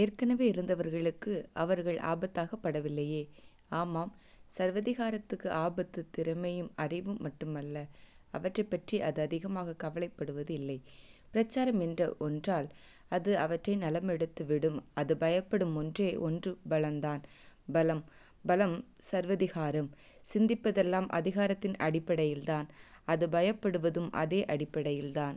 ஏற்கனவே இருந்தவர்களுக்கு அவர்கள் ஆபத்தாகப் படவில்லையே? ஆமாம் சர்வாதிகாரத்துக்கு ஆபத்து திறமையும் அறிவும் மட்டுமல்ல. அவற்றைப்பற்றி அது அதிகமாகக் கவலைப்படுவதில்லை. பிரச்சாரம் என்ற ஒன்றால் அது அவற்றை நலமெடுத்துவிடும் அது பயப்படும் ஒன்றே ஒன்று பலந்தான். பலம் பலம் சர்வாதிகாரம். சிந்திப்பதெல்லாம் அதிகாரத்தின் அடிப்படையில்தான். அது பயப்படுவதும் அதே அடிப்படையில்தான்.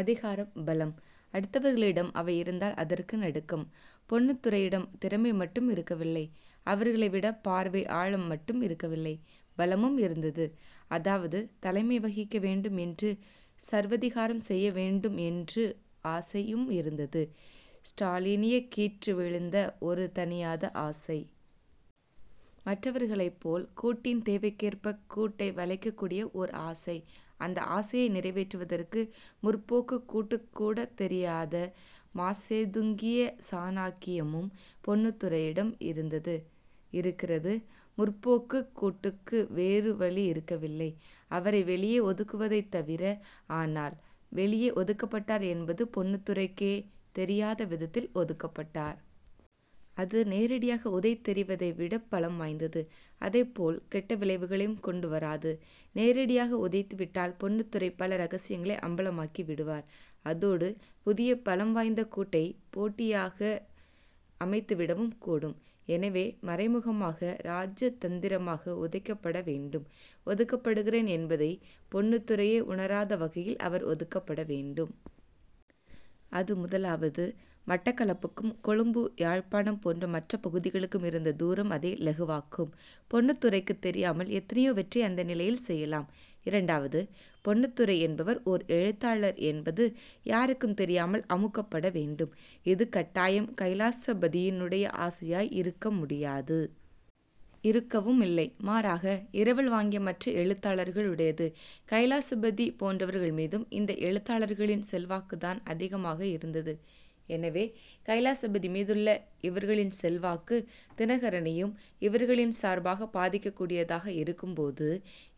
அதிகாரம் பலம். அடுத்தவர்களிடம் அவை இருந்தால் அதற்கு நடுக்கம். பொன்னுத்துரையிடம் திறமை மட்டும் இருக்கவில்லை. அவர்களைவிடப் பார்வை ஆழம் மட்டும் இருக்கவில்லை. பலமும் இருந்தது. அதாவது தலைமை வகிக்க வேண்டும் என்று, சர்வாதிகாரம் செய்ய வேண்டும் என்று ஆசையும் இருந்தது. ஸ்டாலினியக் கீற்று விழுந்த ஒரு தணியாத ஆசை. மற்றவர்களைப்போல் கூட்டின் தேவைக்கேற்பக் கூட்டை வளைக்கக் கூடிய ஓர் ஆசை. அந்த ஆசையை நிறைவேற்றுவதற்கு 'முற்போக்கு'க் கூட்டுக்குக்கூடத் தெரியாத மாசேதுங்கிய சாணக்கியமும் பொன்னுத்துரையிடம் இருந்தது; இருக்கிறது. 'முற்போக்கு'க் கூட்டுக்கு வேறு வழி இருக்கவில்லை. அவரை வெளியே ஒதுக்குவதைத் தவிர. ஆனால் வெளியே ஒதுக்கப்பட்டார் என்பது பொன்னுத்துரைக்கே தெரியாத விதத்தில் ஒதுக்கப்பட்டார். அது நேரடியாக உதைத்தெறிவதை விடப் பலம் வாய்ந்தது. அதைப்போல் கெட்ட விளைவுகளையும் கொண்டு வராது. நேரடியாக உதைத்துவிட்டால் பொன்னுத்துரை பல ரகசியங்களை அம்பலமாக்கிவிடுவார். அதோடு புதிய பலம் வாய்ந்த கூட்டை போட்டியாக அமைத்துவிடவும் கூடும். எனவே மறைமுகமாக ராஜதந்திரமாக உதைக்கப்பட வேண்டும். ஒதுக்கப்படுகிறேன் என்பதைப் பொன்னுத்துரையே உணராத வகையில் அவர் ஒதுக்கப்பட வேண்டும். அது முதலாவது. மட்டக்களப்புக்கும் கொழும்பு யாழ்ப்பாணம் போன்ற மற்ற பகுதிகளுக்கும் இருந்த தூரம் அதை இலகுவாக்கும். பொன்னுத்துரைக்குத் தெரியாமல் எத்தனையோவற்றை அந்த நிலையில் செய்யலாம். இரண்டாவது, பொன்னுத்துரை என்பவர் ஓர் எழுத்தாளர் என்பது யாருக்கும் தெரியாமல் அமுக்கப்பட வேண்டும். இது கட்டாயம் கைலாசபதியினுடைய ஆசையாய் இருக்க முடியாது. இருக்கவுமில்லை. மாறாக, இரவல் வாங்கிய மற்ற எழுத்தாளர்களுடையது. கைலாசபதி போன்றவர்கள் மீதும் இந்த எழுத்தாளர்களின் செல்வாக்குத்தான் அதிகமாக இருந்தது. எனவே கைலாசபதி மீதுள்ள இவர்களின் செல்வாக்கு 'தினகரனை'யும் இவர்களின் சார்பாகப் பாதிக்கக் கூடியதாக இருக்கும்போது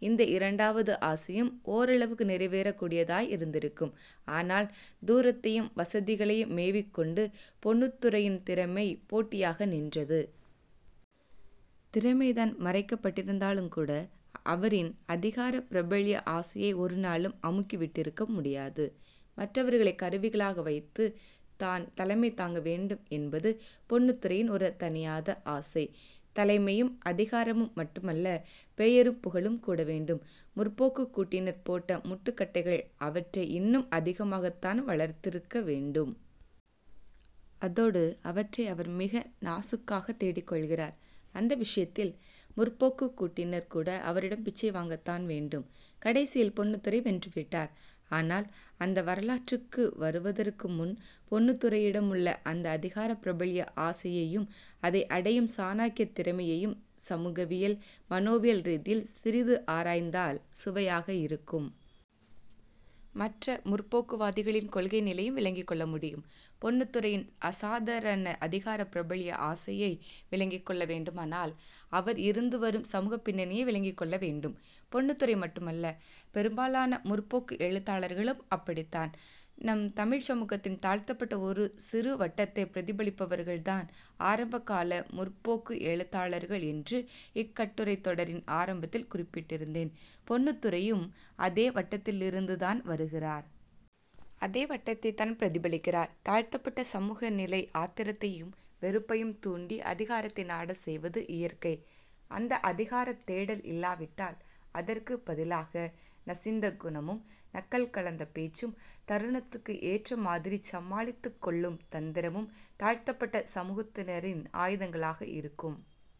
இந்த இரண்டாவது ஆசையும் ஓரளவுக்கு நிறைவேறக் கூடியதாய் இருந்திருக்கும். ஆனால் தூரத்தையும் வசதிகளையும் மேவிக்கொண்டு பொன்னுத்துரையின் திறமை போட்டியாக நின்றது. திறமைதான் மறைக்கப்பட்டிருந்தாலுங்கூட அவரின் அதிகார பிரபல்ய ஆசையை ஒரு நாளும் அமுக்கிவிட்டிருக்க முடியாது. மற்றவர்களைக் கருவிகளாக வைத்துத் தான் தலைமை தாங்க வேண்டும் என்பது பொன்னுத்துரையின் ஒரு தணியாத ஆசை. தலைமையும் அதிகாரமும் மட்டுமல்ல பெயரும் புகழும் கூட வேண்டும். 'முற்போக்கு'க் கூட்டினர் போட்ட முட்டுக்கட்டைகள் அவற்றை இன்னும் அதிகமாகத்தான் வளர்த்திருக்க வேண்டும். அதோடு அவற்றை அவர் மிக நாசூக்காகத் தேடிக்கொள்கிறார். அந்த விஷயத்தில் 'முற்போக்கு'க் கூட்டினர் கூட அவரிடம் பிச்சை வாங்கத்தான் வேண்டும். கடைசியில் பொன்னுத்துரை வென்றுவிட்டார். ஆனால் அந்த வரலாற்றுக்கு வருவதற்கு முன் பொன்னுத்துரையிடமுள்ள அந்த அதிகார பிரபல்ய ஆசையையும் அதை அடையும் சாணக்கியத் திறமையையும் சமூகவியல், மனோவியல் ரீதியில் சிறிது ஆராய்ந்தால் சுவையாக இருக்கும். மற்ற 'முற்போக்கு' வாதிகளின் கொள்கை நிலையும் விளங்கிக் கொள்ள முடியும். பொன்னுத்துரையின் அசாதாரண அதிகார பிரபல்ய ஆசையை விளங்கிக்கொள்ள வேண்டுமானால் அவர் இருந்து வரும் சமூகப் பின்னணியை விளங்கிக்கொள்ள வேண்டும். பொன்னுத்துரை மட்டுமல்ல பெரும்பாலான 'முற்போக்கு' எழுத்தாளர்களும் அப்படித்தான். நம் தமிழ்ச் சமூகத்தின் தாழ்த்தப்பட்ட ஒரு சிறு வட்டத்தைப் பிரதிபலிப்பவர்கள்தான் ஆரம்பகால 'முற்போக்கு' எழுத்தாளர்கள் என்று இக்கட்டுரைத் தொடரின் ஆரம்பத்தில் குறிப்பிட்டிருந்தேன் பொன்னுத்துரையும் அதே வட்டத்திலிருந்துதான் வருகிறார். அதே வட்டத்தைத்தான் பிரதிபலிக்கிறார். தாழ்த்தப்பட்ட சமூகநிலை ஆத்திரத்தையும் வெறுப்பையும் தூண்டி அதிகாரத்தை நாடச் செய்வது இயற்கை. அந்த அதிகாரத் தேடல் இல்லாவிட்டால் அதற்குப் பதிலாக நசிந்த குணமும், நக்கல் கலந்த பேச்சும், தருணத்துக்கு ஏற்ற மாதிரிச் சமாளித்துக் கொள்ளும் தந்திரமும் தாழ்த்தப்பட்ட சமூகத்தினரின் ஆயுதங்களாக இருக்கும்.